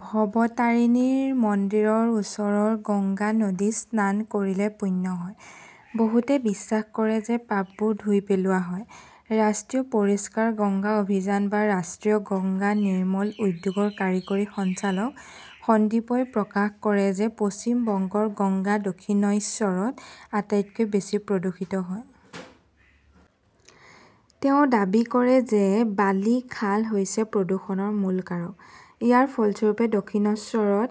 ভৱতাৰিনীৰ মন্দিৰৰ ওচৰৰ গংগা নদীত স্নান কৰিলে পুণ্য হয়, বহুতে বিশ্বাস কৰে যে পাপবোৰ ধুই পেলোৱা হয়। ৰাষ্ট্ৰীয় পৰিষ্কাৰ গংগা অভিযান বা ৰাষ্ট্ৰীয় গংগা নিৰ্মল উদ্যোগৰ কাৰিকৰী সঞ্চালক সন্দীপই প্ৰকাশ কৰে যে পশ্চিম বংগৰ গংগা দক্ষিণইশ্বৰত আটাইতকৈ বেছি প্ৰদূষিত। তেওঁ দাবী কৰে যে বালি খাল হৈছে প্ৰদূষণৰ মূল কাৰক। ইয়াৰ ফলস্বৰূপে, দক্ষিনশ্বৰত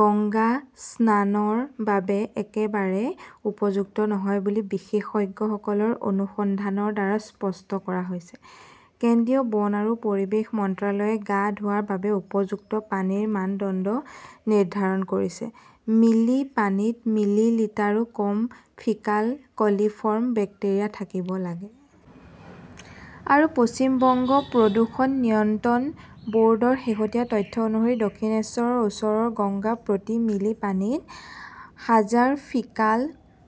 গংগা স্নানৰ বাবে একেবাৰে উপযুক্ত নহয় বুলি বিশেষজ্ঞসকলৰ অনুসন্ধানৰ দ্বাৰা স্পষ্ট কৰা হৈছে। কেন্দ্ৰীয় বন আৰু পৰিৱেশ মন্ত্ৰালয়ে গা ধোৱাৰ বাবে উপযুক্ত পানীৰ মানদণ্ড নিৰ্ধাৰণ কৰিছে, মিলি পানীত মিলিলিটাৰো কম ফিকাল কলিফৰ্ম বেক্টেৰিয়া থাকিব লাগে। আৰু পশ্চিম বংগ প্ৰদূষণ নিয়ন্ত্ৰণ বৰ্ডৰ শেহতীয়া তথ্য অনুসৰি দক্ষিণেশ্বৰৰ ওচৰৰ গংগাত প্ৰতি মিলি পানীত হাজাৰ ফিকাল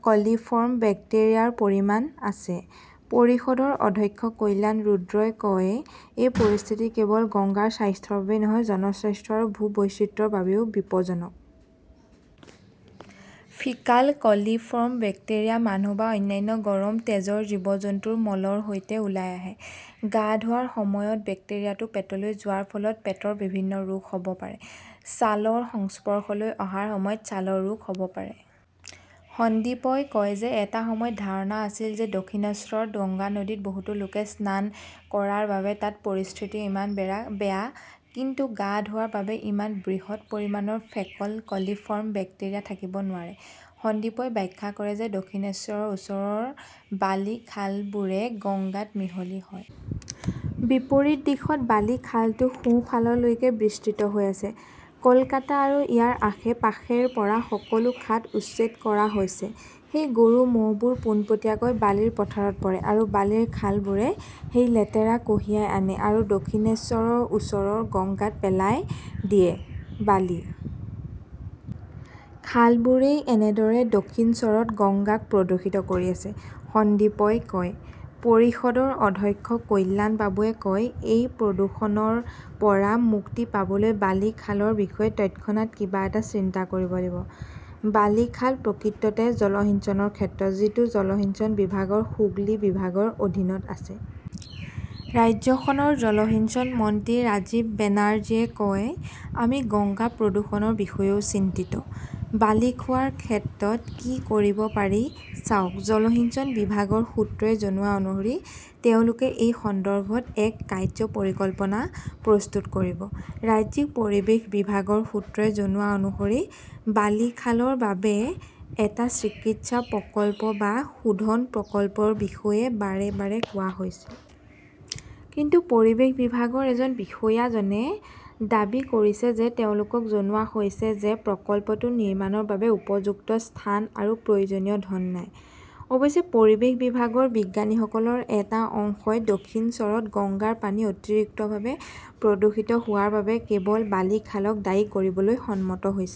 কলিফৰ্ম বেক্টেৰিয়াৰ পৰিমাণ আছে। পৰিষদৰ অধ্যক্ষ কল্যাণ ৰুদ্ৰই কয়, এই পৰিস্থিতি কেৱল গংগাৰ স্বাস্থ্যৰ বাবেই নহয়, জনস্বাস্থ্য আৰু ভূ-বৈচিত্ৰ্যৰ বাবেও বিপজ্জনক। ফিকাল কলিফৰ্ম বেক্টেৰিয়া মানুহ বা অন্যান্য গৰম তেজৰ জীৱ-জন্তুৰ মলৰ সৈতে ওলাই আহে। গা ধোৱাৰ সময়ত বেক্টেৰিয়াটো পেটলৈ যোৱাৰ ফলত পেটৰ বিভিন্ন ৰোগ হব পাৰে, ছালৰ সংস্পৰ্শলৈ অহাৰ সময়ত ছালৰ ৰোগ হব পাৰে। সন্দীপই কয় যে এটা সময়ত ধাৰণা আছিল যে দক্ষিণশ্বৰত গংগা নদীত বহুতো লোকে স্নান কৰাৰ বাবে তাত পৰিস্থিতি ইমান বেয়া। কিন্তু গা ধোৱাৰ বাবে ইমান বৃহৎ পৰিমাণৰ ফেকল কলিফৰ্ম বেক্টেৰিয়া থাকিব নোৱাৰে। সন্দীপই ব্যাখ্যা কৰে যে দক্ষিণেশ্বৰৰ ওচৰৰ বালি খালবোৰে গঙ্গাত মিহলি হয়। বিপৰীত দিশত বালি খালটো সোঁফাললৈকে বিস্তৃত হৈ আছে। কলকাতা আৰু ইয়াৰ আশে-পাশেৰ পৰা সকলো খাট উচ্ছেদ কৰা হৈছে। সেই গৰু-মহবোৰ পোনপটীয়াকৈ বালিৰ পথাৰত পৰে। আৰু বালিৰ খালবোৰে সেই লেতেৰা কঢ়িয়াই আনে আৰু দক্ষিণেশ্বৰৰ ওচৰৰ গঙ্গাত পেলাই দিয়ে। বালি খালবোৰেই এনেদৰে দক্ষিণশ্বৰত গঙ্গাক প্ৰদূষিত কৰি আছে, সন্দীপই কয়। পৰিষদৰ অধ্যক্ষ কল্যাণবাবুৱে কয়, এই প্ৰদূষণৰ পৰা মুক্তি পাবলৈ বালি খালৰ বিষয়ে তৎক্ষণাত কিবা এটা চিন্তা কৰিব লাগিব। বালিখাল প্ৰকৃততে জলসিঞ্চনৰ ক্ষেত্ৰ। যিটো জলসিঞ্চন বিভাগৰ হুগলী বিভাগৰ অধীনত আছে। ৰাজ্যখনৰ জলসিঞ্চন মন্ত্ৰী ৰাজীৱ বেনাৰ্জীয়ে কয়, আমি গংগা প্ৰদূষণৰ বিষয়েও চিন্তিত। বালি খোৱাৰ ক্ষেত্ৰত কি কৰিব পাৰি চাওক, জলসিঞ্চন বিভাগৰ সূত্ৰই জনোৱা অনুসৰি তেওঁলোকে এই সন্দৰ্ভত এক 'কাৰ্য্য পৰিকল্পনা প্ৰস্তুত কৰিব। ৰাজ্যিক পৰিৱেশ বিভাগৰ সূত্ৰই জনোৱা অনুসৰি বালিখালৰ বাবে এটা চিকিৎসা প্ৰকল্প বা শোধন প্ৰকল্পৰ বিষয়ে বাৰে বাৰে কোৱা হৈছিল। কিন্তু পৰিৱেশ বিভাগৰ এজন বিষয়াজনে দাবী কৰিছে যে তেওঁলোকক জনোৱা হৈছে যে প্ৰকল্পটো নিৰ্মাণৰ বাবে উপযুক্ত স্থান আৰু প্ৰয়োজনীয় ধন নাই। অৱশ্যে, পৰিৱেশ বিভাগৰ বিজ্ঞানীসকলৰ এটা অংশই দক্ষিণশ্বৰত গংগাৰ পানী অতিৰিক্তভাৱে প্ৰদূষিত হোৱাৰ বাবে কেৱল বালি খালক দায়ী কৰিবলৈ সন্মত হৈছে।